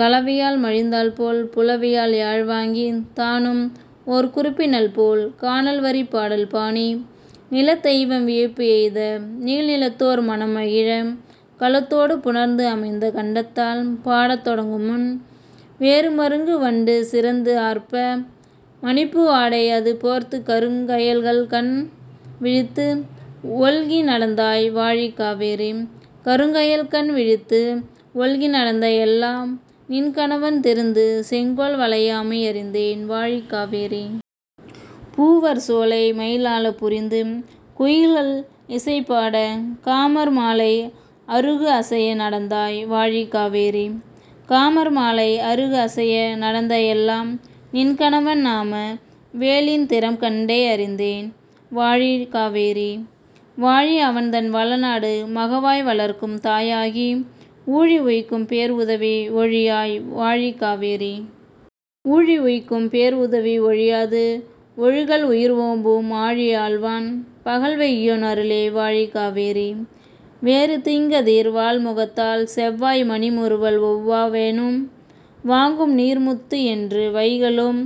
கலவியால் மகிழ்ந்தாள்போல் புலவியால் யாழ்வாங்கித் தானும்ஓர் குறிப்பினள்போல் கானல்வரிப் பாடல்பாணி நிலத்தெய்வம் வியப்புஎய்த நீள்நிலத்தோர் மனம்மகிழக் கலத்தொடு புணர்ந்துஅமைந்த கண்டத்தால் பாடத்தொடங்கும்மன். வேறு மருங்கு வண்டு சிறந்துஆர்ப்ப மணிப்பூ ஆடை அதுபோர்த்துக் கருங்க யல்கண் விழித்துஒல்கி நடந்தாய் வாழி காவேரி. கருங்க யல்கண் விழித்துஒல்கி நடந்த எல்லாம் நின்கணவன் திருந்து செங்கோல் வளையாமை அறிந்தேன் வாழி காவேரி. பூவர் சோலை மயில்ஆலப் புரிந்து குயில்கள் இசைபாடக் காமர் மாலை அருகுஅசைய நடந்தாய் வாழி காவேரி. காமர் மாலை அருகுஅசைய நடந்த எல்லாம் நின்கணவன் நாம வேலின் திறம்கண்டே அறிந்தேன் வாழி காவேரி. வாழி அவன்தன் வளநாடு மகவாய் வளர்க்கும் தாய்ஆகி ஊழி உய்க்கும் பேர்உதவி ஒழியாய் வாழி காவேரி. ஊழி உய்க்கும் பேர்உதவி ஒழியாது ஒழுகல் உயிர்ஓம்பும் ஆழி ஆள்வான் பகல்வெய்யோன் அருளே வாழி காவேரி. வேறு தீங்கதிர் வாள்முகத்தாள் செவ்வாய் மணிமுறுவல் ஒவ்வா வேனும் வாங்கும்நீர் முத்துஎன்று வைகலும்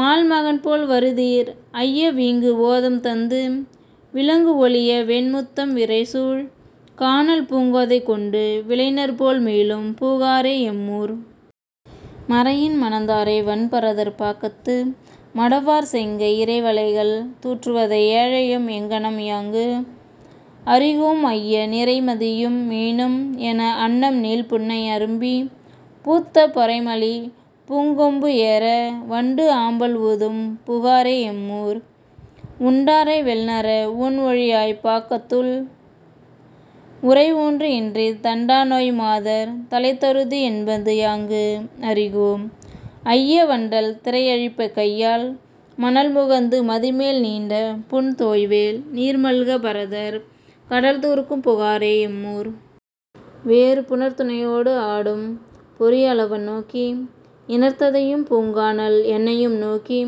மால்மகன்போல் வருதிர் ஐய வீங்குஓதம் தந்து விளங்குஒளிய வெண்முத்தம் விரைசூழ் கானல் பூங்கோதை கொண்டு விலைஞர்போல் மீளும் புகாரே எம்மூர். மறையின் மணந்தாரை வன்பரதர் பாக்கத்து மடவார் செங்கை இறைவளைகள் து஡ற்றுவதை ஏழையம் எங்ஙனம்யாங்கு அறிகோம் ஐய நிறைமதியும் மீனும் எனஅன்னம் நீள்புன்னை அரும்பிப் பூத்த பொறைமலிபூங் கொம்புஏற வண்டுஆம்பல் ஊதும் புகாரே எம்மூர். உண்டாரை வெல்நறா ஊண்ஓழியாப் பாக்கத்துள் உறைஒன்று இன்றித் தண்டாநோய் மாதர் தலைத்தருதி என்பதுயாங்கு அறிகோம் ஐய வண்டல் திரைஅழிப்பக் கையால் மணல்முகந்து மதிமேல் நீண்ட புண்தோய்வேல் நீர்மல்க பரதர் கடல்து஡ர்க்கும் புகாரே எம்மூர். வேறு புணர்த்துணையோடு ஆடும் பொறிஅலவன் நோக்கி இணர்த்ததையும் பூங்கானல் என்னையும் நோக்கி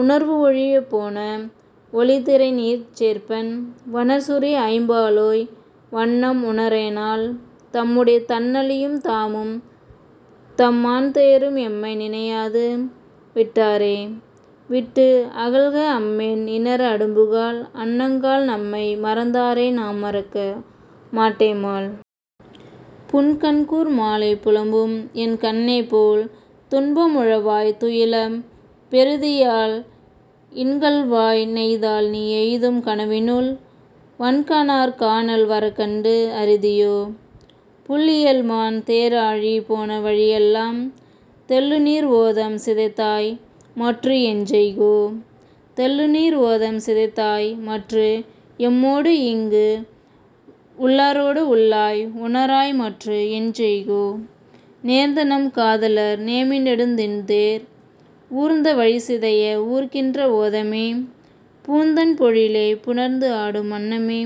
உணர்வுஒழியப் போன ஒலிதிரைநீர்ச் சேர்ப்பன் வணர்சுரி ஐம்பாலோய் வண்ணம் உணரேனால். தம்முடைய தண்ணளியும் தாமும்தம் மான்தேரும் எம்மை நினையாது விட்டாரோ விட்டுஅகல்க அம்மென் இணர அடும்புகாள் அன்னங்காள் நம்மை மறந்தாரை நாம்மறக்க மாட்டேமால். புன்கண்கூர் மாலைப் புலம்பும்என் கண்ணேபோல் துன்பம் உழவாய் துயிலப் பெறுதியால் இன்கள்வாய் நெய்தால்நீ எய்தும் கனவினுள் வன்கணார் கானல் வரக்கண்டு அறிதியோ? புள்இயல்மான் தேர்ஆழி போன வழிஎல்லாம் தெள்ளுநீர் ஓதம் சிதைத்தாய்மற்று எஞ்செய்கோ? தெள்ளுநீர் ஓதம் சிதைத்தாய்மற்று எம்மோடுஈங்கு உள்ளாரோடு உள்ளாய் உணராய்மற்று எஞ்செய்கோ? நேர்ந்தநம் காதலர் நேமிநெடுந் திண்தேர் ஊர்ந்த வழிசிதைய ஊர்க்கின்ற ஓதமே பூந்தண் பொழிலே புணர்ந்துஆடும் அன்னமே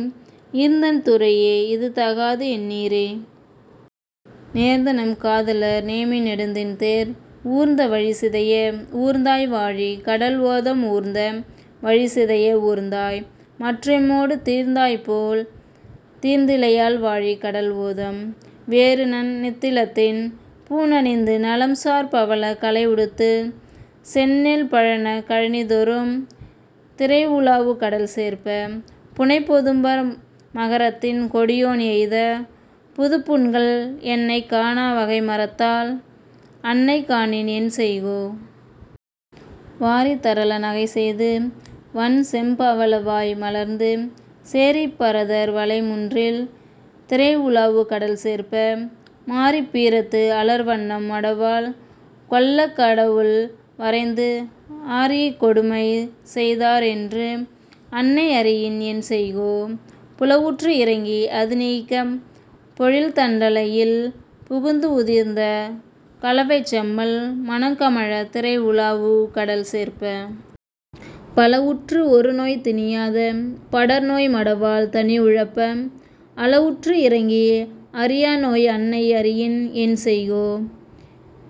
ஈர்ந்தண் துறையே இதுதகாது என்னீரே. நேர்ந்தநம் காதலர் நேமிநெடுந் திண்தேர் ஊர்ந்த வழிசிதைய ஊர்ந்தாய்வாழி கடல்ஓதம் ஊர்ந்த வழிசிதைய ஊர்ந்தாய்மற் எம்மொடு தீர்ந்தாய்போல் தீர்ந்திலையால் வாழி கடல்ஓதம். வேறு நன்நித் திலத்தின் பூண்அணிந்து நலம்சார் பவளக் கலைஉடுத்துச் செந்நெல் பழனக் கழனிதொறும் திரைஉ லாவு கடல்சேர்ப்ப. புன்னைப் பொதும்பர் மகரத்திண் கொடியோன் எய்த புதுப்புண்கள் என்னைக் காணா வகைமறத்தால் அன்னை காணின் என்செய்கோ? வாரித் தரள நகைசெய்து வண்செம் பவள வாய்மலர்ந்து சேரிப் பரதர் வலைமுன்றில் திரைஉ லாவு கடல்சேர்ப்ப. மாரிப் பீரத்து அலர்வண்ணம் மடவாள் கொள்ளக் கடவுள்வரைந்து ஆர்இக் கொடுமை செய்தார்என்று அன்னை அறியின் என்செய்கோ? புலவுற்று இரங்கி அதுநீங்கப் பொழில்தண் டலையில் புகுந்துஉதிர்ந்த கலவைச் செம்மல் மணம்கமழத் திரைஉ லாவு கடல்சேர்ப்ப. பலஉற்று ஒருநோய் திணியாத படர்நோய் மடவாள் தனிஉழப்ப அலவுற்று இரங்கி அறியாநோய் அன்னை அறியின் என்செய்கோ?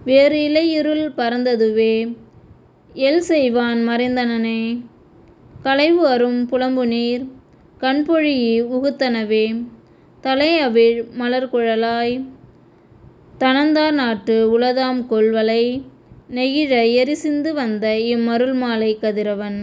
வேறு இளைஇருள் பரந்ததுவே எல்செய்வான் மறைந்தனனே களைவுஅரும் புலம்புநீர் கண்பொழீஇ உகுத்தனவே தளைஅவிழ் மலர்க்குழலாய் தணந்தார்நாட்டு உளதாம்கொல் வளைநெகிழ எரிசிந்தி வந்தஇம் மருள்மாலை? கதிரவன்